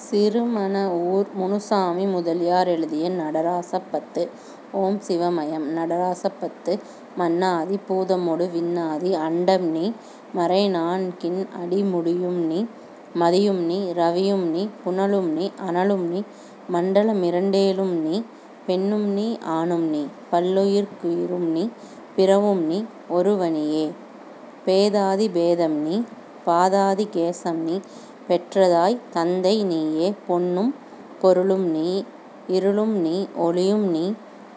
சிறுமணவூர் முனுசாமி முதலியார் எழுதிய நடராசபத்து ஓம் சிவமயம் நடராசபத்து மண்ணாதி பூதமொடு விண்ணாதி அண்டம்நீ மறைநான்கின் அடிமுடியும்நீ மதியும்நீ ரவியும்நீ புனலும்நீ அனலும்நீ மண்டலமிரண்டேழும்நீ, பெண்ணும்நீ ஆணும்நீ, பல்லுயிர்க்குயிரும்நீ, பிறவும்நீ ஒருவநீயே, பேதாதிபேதம்நீ பாதாதிகேசம்நீ பெற்றதாய் தந்தைநீயே, பொன்னும் பொருளும்நீ யிருளும்நீ ஒளியும்நீ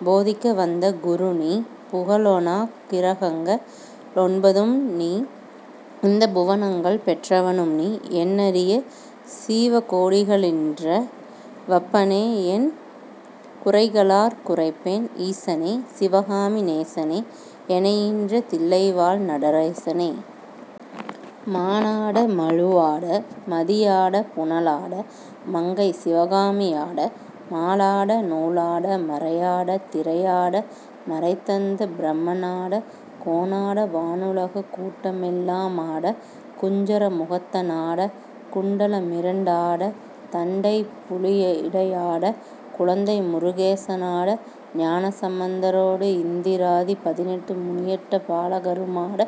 போதிக்கவந்தகுருநீ, புகழொணாக் கிரகங்க ளொன்பதும்நீயிந்த புவனங்கள் பெற்றவனும்நீ எண்ணரிய சீவகோடிகளீன்ற வப்பனே என் குரைகளார்க் குரைப்பேன், ஈசனே சிவகாமி நேசனே யெனையீன்ற தில்லைவாழ் நடரேசனே. மானாட மழுவாட மதியாட புனலாட மங்கை சிவகாமியாட, மாலாட நூலாட மறையாட திறையாட மறைதந்த பிரம்மனாட, கோனாட வானுலகு கூட்டமெல்லாமாட, குஞ்சர முகத்தனாட, குண்டலமிரண்டாட தண்டைபுலியுடையாட குழந்தை முருகேசனாட, ஞானசம்பந்தரொடு யிந்திராதி பதினெட்டு முனியட்ட பாலகருமாட,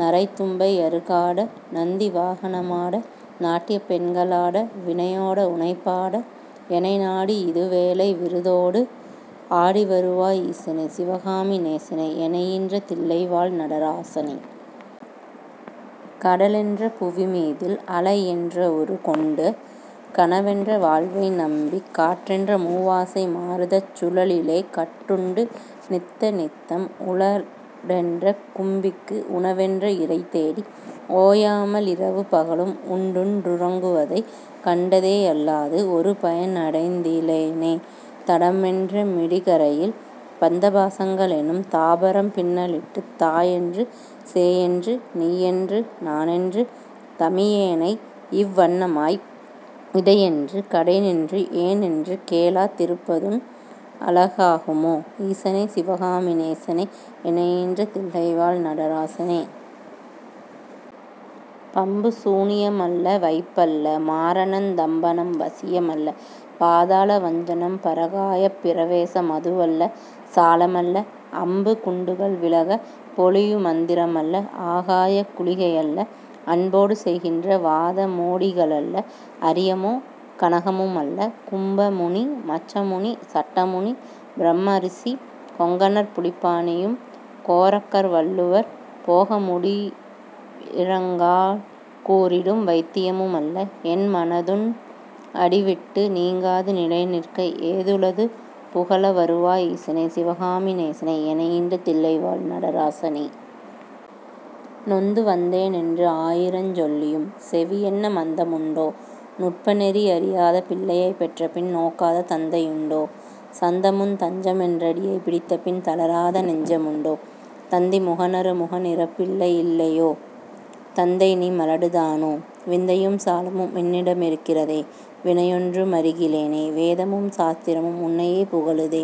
நரை தும்பை யறுகாட நந்திவாகனமாட நாட்டியப் பெண்களாட, வினையோட உனைப்பாட யெனைநாடியிதுவேளை விருதோடு ஆடிவருவாய் ஈசனே சிவகாமி நேசனே யெனையீன்ற தில்லைவாழ் நடராசனே. கடலென்ற புவிமீதில் அலையென்றவுரு கொண்டு கனவென்ற வாழ்வைநம்பிக், காற்றென்ற மூவாசை மாருதச் சுழலிலே கட்டுண்டு நித்த நித்தம், உடலென்ற கும்பிக்கு உணவென்ற இரைதேடி ஓயாமலிரவு பகலும், உண்டுண் டுறங்குவதைக் கண்டதேயல்லாது ஒருபயனடைந்திலேனைத், தடமென்ற மிடிகரையில் பந்தபாசங்களெனும் தாபரம் பின்னலிட்டுத், தாயென்று சேயென்று நீயென்று நானென்று தமியேனை யிவ்வண்ணமாய் இடையென்று கடைநின்று ஏனென்று கேளா திருப்பதுன் னழகாகுமோ, ஈசனே சிவகாமி நேசனே யெனையீன்ற தில்லைவாழ் நடராசனே. பம்புசூனியமல்ல வைப்பல்ல மாரணந் தம்பனம் வசியமல்ல, பாதாள வஞ்சனம் பரகாயப் பிரவேச மதுவல்ல சாலமல்ல, அம்பு குண்டுகள் விலக மொழியுமந்திரமல்ல ஆகாய குளிகையல்ல, அன்போடு செய்கின்ற வாதமோடிகளல்ல, அரியமோ கனமுமல்ல, கும்பமுனி மச்சமுனி சட்டமுனி பிரம்மரிசி, கொங்கணர் புலிப்பாணியும், கோரக்கர் வள்ளுவர் போகமுனியிவரெலாங் கூறிடும் வைத்தியமுமல்ல, என்மனதுன் னடிவிட்டு நீங்காது நிலைநிற்க ஏதுளது புகலவருவாய் ஈசனே சிவகாமி நேசனே யெனையீன்ற தில்லைவாழ் நடராசனே. நொந்துவந்தேனென்று ஆயிரஞ் சொல்லியும் செவியென்ன மந்தமுண்டோ, நுட்பநெறி யறியாத பிள்ளையைப் பெற்ற பின் நோக்காத தந்தையுண்டோ, சந்தமுந் தஞ்சமென்றடியைப் பிடித்தபின் தளராத நெஞ்சமுண்டோ, தந்திமுகனறு முகன் இருபிள்ளை யில்லையோ தந்தைநீ மலடுதானோ, விந்தையும் சாலமும் உன்னிடமிருக்குதே வினையொன்று மறிகிலேனே, வேதமும் சாஸ்திரமும் உன்னையே புகழுதே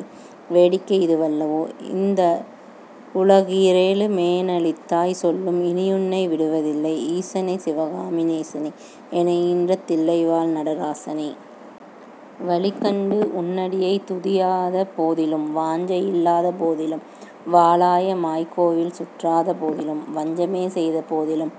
வேடிக்கையிது வல்லவோ, இந்தவுல கீரேழு மேனளித்தாய் சொல்லும் இனியுன்னை விடுவதில்லை, ஈசனே சிவகாமி நேசனே யெனையீன்ற தில்லைவாழ் நடராசனே. வழிகண்டு உன்னடியைத் துதியாத போதிலும் வாஞ்சை யில்லாத போதிலும், வாலாயமாய்க் கோயில் சுற்றாத போதிலும் வஞ்சமே செய்த போதிலும்,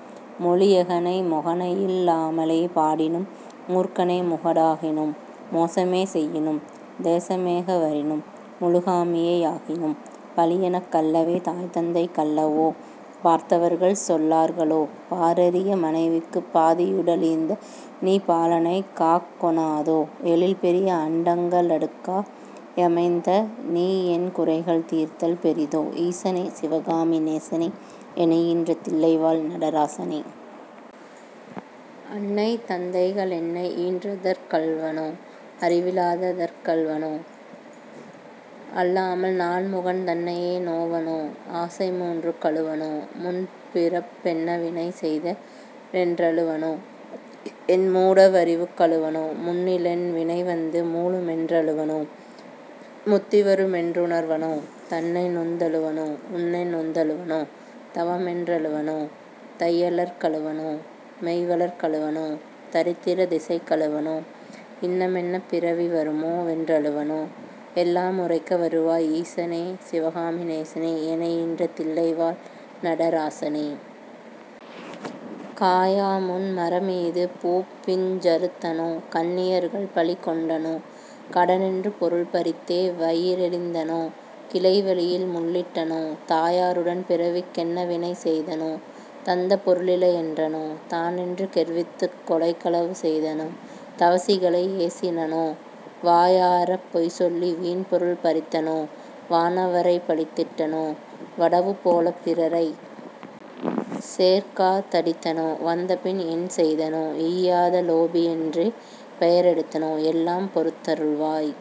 மொழியெகனை மொகனையில் லாமலே பாடினும் மூர்க்கனே முகடாகினும், மோசமே செய்யினும் தேசமேகவரினும் முழுகாமியே யாகினும், பழியெனக் கல்லவே தாய்தந்தைக் கல்லவோ பார்த்தவர்கள் சொல்லார்களோ, பாரறிய மனைவிக்குப் பாதியுடலீந்த நீ பாலனைக் காக்கொணாதோ, எழில்பெரிய அண்டங்க ளடுக்கா யமைத்தநீ யென்குறைகள் தீர்த்தல் பெரிதோ, ஈசனே சிவகாமி நேசனே யெனையீன்ற தில்லைவாழ் நடராசனே. அன்னை தந்தைக ளென்னை யீன்றதற் கழுவனோ அறிவிலாத தற்கழுவனோ, அல்லாமல் நான்முகன் தன்னையே நோவனோ ஆசை மூன்றுக் கழுவனோ, முன்பிறப் பென்னவினை செய்த னென்றழுவனோ என்மூட வறிவுக் கழுவனோ, முன்னிலென் வினைவந்து மூளுமென்றழுவனோ முத்திவரு மென்றுணர்வனோ, தன்னைநொந் தழுவனோ உன்னை நொந்தழு வனோ தவமென்ன வென்றழுவனோ, தையலர்க் கழுவனோ மெய்வளர்க் கழுவனோ தரித்திர திசைக்கழுவனோ, இன்னமென்னப் பிறவி வருமோ வென்றழு வனோ யெல்லாமுரைக்க வருவாய், ஈசனே சிவகாமி நேசனே யெனையீன்ற தில்லைவாழ் நடராசனே. காயாமுன் மரமீது பூபிஞ் சறுத்தனோ கன்னியர்கள் பழிகொண்டனோ, கடனென்று பொருள் பறித்தே வயிறெறித் தனோ கிளைவழியில் முள்ளிட்டனோ, தாயாருடன் பிறவிக் கென்னவினை செய்தனோ, தந்தபொரு ளிலையென்றனோ, தானென்று கெர்வித்துக் கொலைகளவு செய்தனோ தவசிகளை யேசினனோ, வாயாரப் பொய்சொல்லி வீண்பொருள் பறித்தனோ, வானவரைப் பழித்திட்டனோ, வடவுபோலப் பிறரைச் சேர்க்கா தடித்தனோ வந்தபின் என் செய்தனோ, ஈயாத லோபியென்றே பெயரெடுத்தனோ எல்லாம் பொறுத்தருளுவாய்,